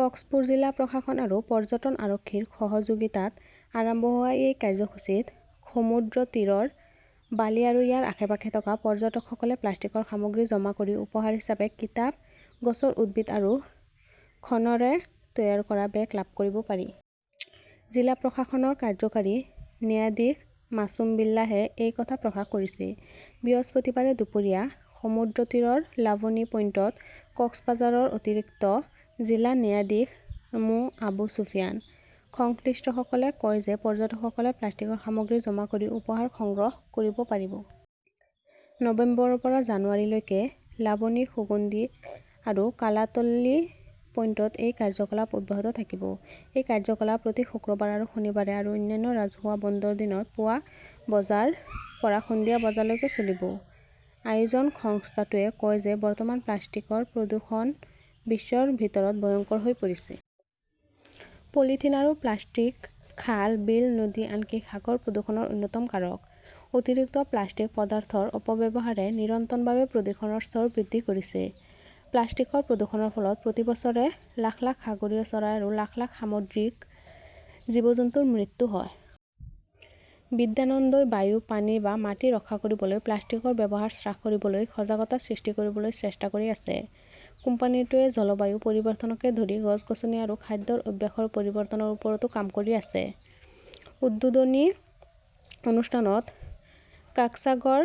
কক্সপুৰ জিলা প্ৰশাসন আৰু পৰ্যটন আৰক্ষীৰ সহযোগিতাত আৰম্ভ হোৱা এই কাৰ্যসূচীত সমুদ্ৰতীৰৰ বালি আৰু ইয়াৰ আশে-পাশে থকা পৰ্যটকসকলে প্লাষ্টিকৰ সামগ্ৰী জমা কৰি উপহাৰ হিচাপে কিতাপ, গছৰ উদ্ভিদ আৰু শণৰে তৈয়াৰ কৰা বেগ লাভ কৰিব। জিলা প্ৰশাসনৰ কাৰ্য্যকৰী ন্যায়াধীশ মাছুম বিল্লাহে এই কথা প্ৰকাশ কৰিছে। বৃহস্পতিবাৰে দুপৰীয়া সমুদ্ৰতীৰৰ লাবনী পইণ্টত কক্সবাজাৰৰ অতিৰিক্ত জিলা ন্যায়াধীশ মো. আবু চুফিয়ান। সংশ্লিষ্টসকলে কয় যে, পৰ্যটকসকলে প্লাষ্টিকৰ সামগ্ৰী জমা কৰি উপহাৰ সংগ্ৰহ কৰিব পাৰিব। নৱেম্বৰৰ পৰা জানুৱাৰী লৈকে লাবনী, সুগন্ধি আৰু কালাতালী পইণ্টত এই কাৰ্যকলাপ অব্যাহত থাকিব। এই কাৰ্যকলাপ প্ৰতি শুক্ৰবাৰ আৰু শনিবাৰে আৰু অন্যান্য ৰাজহুৱা বন্ধৰ দিনত পুৱা বজাৰ পৰা সন্ধিয়া বজালৈকে চলিব। আয়োজক সংস্থাটোৱে কয় যে, বৰ্তমান প্লাষ্টিকৰ প্ৰদূষণ বিশ্বৰ ভিতৰত ভয়ংকৰ হৈ পৰিছে। পলিথিন আৰু প্লাষ্টিক খাল, বিল, নদী, আনকি সাগৰ প্ৰদূষণৰ অন্যতম কাৰক। অতিৰিক্ত প্লাষ্টিক পদাৰ্থৰ অপব্যৱহাৰে নিৰন্তৰভাৱে প্ৰদূষণৰ স্তৰ বৃদ্ধি কৰিছে। প্লাষ্টিকৰ প্ৰদূষণৰ ফলত প্ৰতি বছৰে লাখ লাখ সাগৰীয় চৰাই আৰু লাখ লাখ সামুদ্ৰিক জীৱ-জন্তুৰ মৃত্যু হয়। বিদ্যানন্দই বায়ু, পানী বা মাটি ৰক্ষা কৰিবলৈ প্লাষ্টিকৰ ব্যৱহাৰ হ্ৰাস কৰিবলৈ সজাগতা সৃষ্টি কৰিবলৈ চেষ্টা কৰি আছে। কোম্পানীটোৱে জলবায়ু পৰিৱৰ্তনকে ধৰি গছ-গছনি আৰু খাদ্যৰ অভ্যাসৰ পৰিৱৰ্তনৰ ওপৰতো কাম কৰি আছে। উদ্বোধনী অনুষ্ঠানত কাক্সাগৰ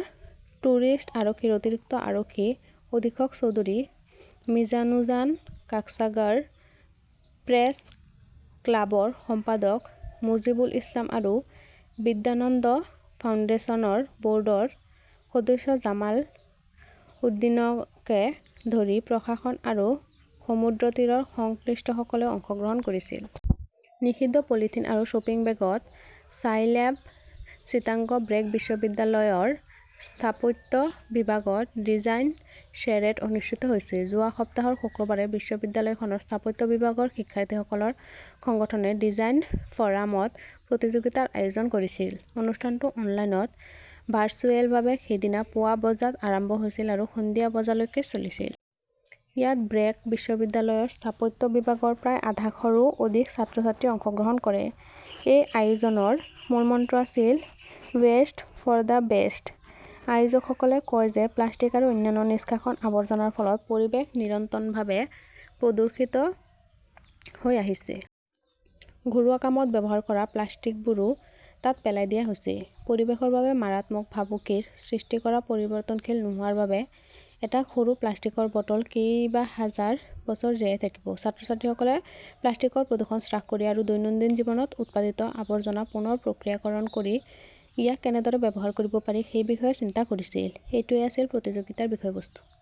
টুৰিষ্ট আৰক্ষীৰ অতিৰিক্ত আৰক্ষী অধীক্ষক চৌধুৰী মিজানুজান, কাক্সাগৰ প্ৰেছ ক্লাবৰ সম্পাদক মুজীবুল ইছলাম আৰু বিদ্যানন্দ ফাউণ্ডেশ্যনৰ ব'ৰ্ডৰ সদস্য জামাল উদ্দীনকে ধৰি প্ৰশাসন আৰু সমুদ্ৰতীৰৰ সংশ্লিষ্টসকলেও অংশগ্ৰহণ কৰিছিল। নিষিদ্ধ পলিথিন আৰু শ্বপিং বেগত ছাইল্যাব চিটাগং ব্ৰেক বিশ্ববিদ্যালয়ৰ স্থাপত্য বিভাগত 'ডিজাইন শ্বেৰেট' অনুষ্ঠিত হৈছে। যোৱা সপ্তাহৰ শুক্ৰবাৰে বিশ্ববিদ্যালয়খনৰ স্থাপত্য বিভাগৰ শিক্ষাৰ্থীসকলৰ সংগঠনে 'ডিজাইন ফ'ৰাম'ত প্ৰতিযোগিতাৰ আয়োজন কৰিছিল। অনুষ্ঠানটো অনলাইনত ভাৰ্চুৱেলভাৱে সেইদিনা পুৱা বজাত আৰম্ভ হৈছিল আৰু সন্ধিয়া বজালৈকে চলিছিল। ইয়াত ব্ৰেক বিশ্ববিদ্যালয়ৰ স্থাপত্য বিভাগৰ প্ৰায় আধা শৰো অধিক ছাত্ৰ-ছাত্ৰীয়ে অংশগ্ৰহণ কৰে। এই আয়োজনৰ মূলমন্ত্ৰ আছিল 'ৱেষ্ট ফৰ দ্য বেষ্ট'। আয়োজকসকলে কয় যে প্লাষ্টিক আৰু অন্যান্য নিষ্কাশন আৱৰ্জনাৰ ফলত পৰিৱেশ নিৰন্তৰভাৱে প্ৰদূষিত হৈ আহিছে। ঘৰুৱা কামত ব্যৱহাৰ কৰা প্লাষ্টিকবোৰো তাত পেলাই দিয়া হৈছে। পৰিৱেশৰ বাবে মাৰাত্মক ভাবুকিৰ সৃষ্টি কৰা পৰিৱৰ্তনশীল নোহোৱাৰ বাবে এটা সৰু প্লাষ্টিকৰ বটল কেইবাহাজাৰ বছৰ জীয়াই থাকিব। ছাত্ৰ-ছাত্ৰীসকলে প্লাষ্টিকৰ প্ৰদূষণ হ্ৰাস কৰি আৰু দৈনন্দিন জীৱনত উৎপাদিত আৱৰ্জনা পুনৰ প্ৰক্ৰিয়াকৰণ কৰি ইয়াক কেনেদৰে ব্যৱহাৰ কৰিব পাৰি সেই বিষয়ে চিন্তা কৰিছিল। এইটোৱেই আছিল প্ৰতিযোগিতাৰ বিষয়বস্তু।